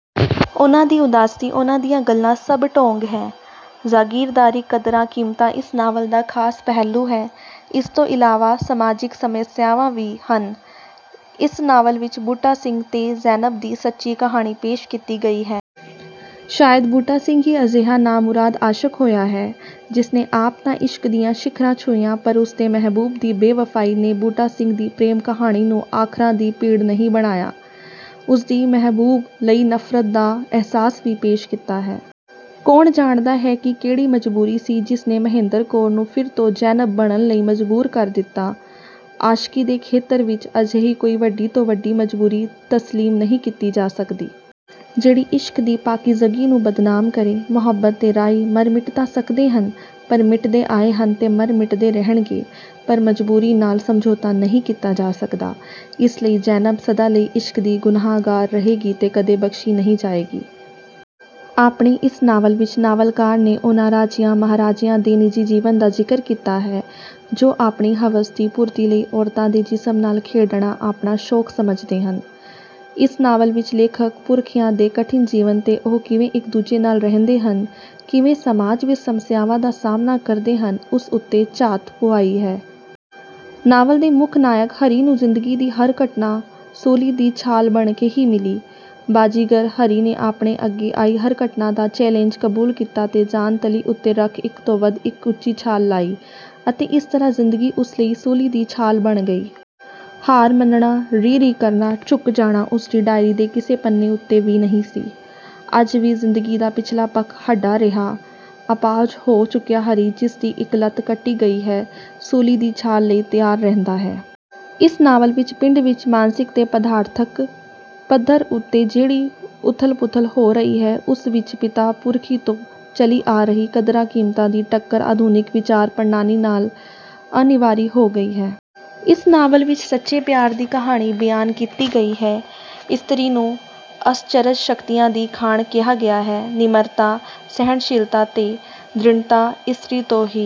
ਉਨ੍ਹਾਂ ਦੀ ਉਦਾਸੀ, ਉਨ੍ਹਾਂ ਦੀਆਂ ਗੱਲਾਂ ਸਭ ਢੌਂਗ ਹੈ। ਜਾਗੀਰਦਾਰੀ ਕਦਰਾਂ ਕੀਮਤਾਂ ਇਸ ਨਾਵਲ ਦਾ ਖ਼ਾਸ ਪਹਿਲੂ ਹੈ। ਇਸ ਤੋਂ ਇਲਾਵਾ ਸਮਾਜਿਕ ਸਮੱਸਿਆਵਾਂ ਵੀ ਹਨ। ਇਸ ਨਾਵਲ ਵਿੱਚ ਬੂਟਾ ਸਿੰਘ ਤੇ ਜ਼ੈਨਬ ਦੀ ਸੱਚੀ ਕਹਾਣੀ ਪੇਸ਼ ਕੀਤੀ ਗਈ ਹੈ। ਸ਼ਾਇਦ ਬੂਟਾ ਸਿੰਘ ਹੀ ਅਜਿਹਾ ਨਾਮੁਰਾਦ ਆਸ਼ਕ ਹੋਇਆ ਹੈ, ਜਿਸਨੇ ਆਪ ਤਾਂ ਇਸ਼ਕ ਦੀਆਂ ਸਿਖ਼ਰਾਂ ਛੂਹੀਆਂ ਪਰ ਉਸਦੇ ਮਹਿਬੂਬ ਦੀ ਬੇਵਫ਼ਾਈ ਨੇ ਬੂਟਾ ਸਿੰਘ ਦੀ ਪ੍ਰੇਮ ਕਹਾਣੀ ਨੂੰ ਆਖਰਾਂ ਦੀ ਪੀੜ ਨਹੀਂ ਬਣਾਇਆ, ਉਸਦੀ ਮਹਿਬੂਬ ਲਈ ਨਫ਼ਰਤ ਦਾ ਅਹਿਸਾਸ ਵੀ ਪੇਸ਼ ਕੀਤਾ ਹੈ। ਕੌਣ ਜਾਣਦਾ ਹੈ ਕਿ ਕਿਹੜੀ ਮਜ਼ਬੂਰੀ ਸੀ ਜਿਸਨੇ ਮਹਿੰਦਰ ਕੌਰ ਨੂੰ ਫਿਰ ਤੋਂ ਜ਼ੈਨਬ ਬਣਨ ਲਈ ਮਜ਼ਬੂਰ ਕਰ ਦਿੱਤਾ। ਆਸ਼ਕੀ ਦੇ ਖੇਤਰ ਵਿੱਚ ਅਜਿਹੀ ਕੋਈ ਵੱਡੀ ਤੋਂ ਵੱਡੀ ਮਜ਼ਬੂਰੀ ਤਸਲੀਮ ਨਹੀਂ ਕੀਤੀ ਜਾ ਸਕਦੀ। ਜਿਹੜੀ ਇਸ਼ਕ ਦੀ ਪਾਕੀਜ਼ਗੀ ਨੂੰ ਬਦਨਾਮ ਕਰੇ। ਮੁਹੱਬਤ ਦੇ ਰਾਹੀ ਮਰ ਮਿਟ ਤਾਂ ਸਕਦੇ ਹਨ, ਪਰ ਮਿਟਦੇ ਆਏ ਹਨ ਤੇ ਮਰ ਮਿਟਦੇ ਰਹਿਣਗੇ, ਪਰ ਮਜ਼ਬੂਰੀ ਨਾਲ ਸਮਝੌਤਾ ਨਹੀਂ ਕੀਤਾ ਜਾ ਸਕਦਾ। ਇਸ ਲਈ ਜ਼ੈਨਬ ਸਦਾ ਲਈ ਇਸ਼ਕ ਦੀ ਗੁਨਾਹਗਾਰ ਰਹੇਗੀ ਤੇ ਕਦੇ ਬਖ਼ਸ਼ੀ ਨਹੀਂ ਜਾਏਗੀ। ਆਪਣੇ ਇਸ ਨਾਵਲ ਵਿੱਚ ਨਾਵਲਕਾਰ ਨੇ ਉਨ੍ਹਾਂ ਰਾਜਿਆਂ ਮਹਾਰਾਜਿਆਂ ਦੇ ਨਿੱਜੀ ਜੀਵਨ ਦਾ ਜ਼ਿਕਰ ਕੀਤਾ ਹੈ, ਜੋ ਆਪਣੀ ਹਵਸ ਦੀ ਪੂਰਤੀ ਲਈ ਔਰਤਾਂ ਦੇ ਜਿਸਮ ਨਾਲ ਖੇਡਣਾ ਆਪਣਾ ਸ਼ੌਕ ਸਮਝਦੇ ਹਨ। ਇਸ ਨਾਵਲ ਵਿੱਚ ਲੇਖਕ ਪੁਰਖਿਆਂ ਦੇ ਕਠਿਨ ਜੀਵਨ ਤੇ ਉਹ ਕਿਵੇਂ ਇੱਕ ਦੂਜੇ ਨਾਲ ਰਹਿੰਦੇ ਹਨ, ਕਿਵੇਂ ਸਮਾਜ ਵਿੱਚ ਸਮੱਸਿਆਵਾਂ ਦਾ ਸਾਹਮਣਾ ਕਰਦੇ ਹਨ ਉਸ ਉੱਤੇ ਝਾਤ ਪੁਆਈ ਹੈ। ਨਾਵਲ ਦੇ ਮੁੱਖ ਨਾਇਕ ਹਰੀ ਨੂੰ ਜ਼ਿੰਦਗੀ ਦੀ ਹਰ ਘਟਨਾ ਸੂਲੀ ਦੀ ਛਾਲ ਬਣ ਕੇ ਹੀ ਮਿਲੀ। ਬਾਜੀਗਰ ਹਰੀ ਨੇ ਆਪਣੇ ਅੱਗੇ ਆਈ ਹਰ ਘਟਨਾ ਦਾ ਚੈਲੇਂਜ ਕਬੂਲ ਕੀਤਾ ਤੇ ਜਾਨ ਤਲੀ ਉੱਤੇ ਰੱਖ ਇੱਕ ਤੋਂ ਵੱਧ ਇੱਕ ਉੱਚੀ ਛਾਲ ਲਾਈ ਅਤੇ ਇਸ ਤਰ੍ਹਾਂ ਜ਼ਿੰਦਗੀ ਉਸ ਲਈ ਸੂਲੀ ਦੀ ਛਾਲ ਬਣ ਗਈ। ਹਾਰ ਮੰਨਣਾ, ਰੀ ਰੀ ਕਰਨਾ, ਝੁਕ ਜਾਣਾ ਉਸ ਦੀ ਡਾਇਰੀ ਦੇ ਕਿਸੇ ਪੰਨੇ ਉੱਤੇ ਵੀ ਨਹੀਂ ਸੀ। ਅੱਜ ਵੀ ਜ਼ਿੰਦਗੀ ਦਾ ਪਿਛਲਾ ਪੱਖ ਹੱਡਾ ਰਿਹਾ, ਅਪਾਹਜ ਹੋ ਚੁੱਕਿਆ ਹਰੀ ਜਿਸ ਦੀ ਇੱਕ ਲੱਤ ਕੱਟੀ ਗਈ ਹੈ ਸੂਲੀ ਦੀ ਛਾਲ ਲਈ ਤਿਆਰ ਰਹਿੰਦਾ ਹੈ। ਇਸ ਨਾਵਲ ਵਿੱਚ ਪਿੰਡ ਵਿੱਚ ਮਾਨਸਿਕ ਤੇ ਪਦਾਰਥਕ ਪੱਧਰ ਉੱਤੇ ਜਿਹੜੀ ਉੱਥਲ ਪੁੱਥਲ ਹੋ ਰਹੀ ਹੈ ਉਸ ਵਿੱਚ ਪਿਤਾ ਪੁਰਖੀ ਤੋਂ ਚੱਲੀ ਆ ਰਹੀ ਕਦਰਾਂ ਕੀਮਤਾਂ ਦੀ ਟੱਕਰ ਆਧੁਨਿਕ ਵਿਚਾਰ ਪ੍ਰਣਾਲੀ ਨਾਲ ਅਨਿਵਾਰੀ ਹੋ ਗਈ ਹੈ। ਇਸ ਨਾਵਲ ਵਿੱਚ ਸੱਚੇ ਪਿਆਰ ਦੀ ਕਹਾਣੀ ਬਿਆਨ ਕੀਤੀ ਗਈ ਹੈ। ਇਸਤਰੀ ਨੂੰ ਅਸਚਰਜ ਸ਼ਕਤੀਆਂ ਦੀ ਖਾਣ ਕਿਹਾ ਗਿਆ ਹੈ। ਨਿਮਰਤਾ, ਸਹਿਣਸ਼ੀਲਤਾ ਤੇ ਦ੍ਰਿੜਤਾ ਇਸਤਰੀ ਤੋਂ ਹੀ...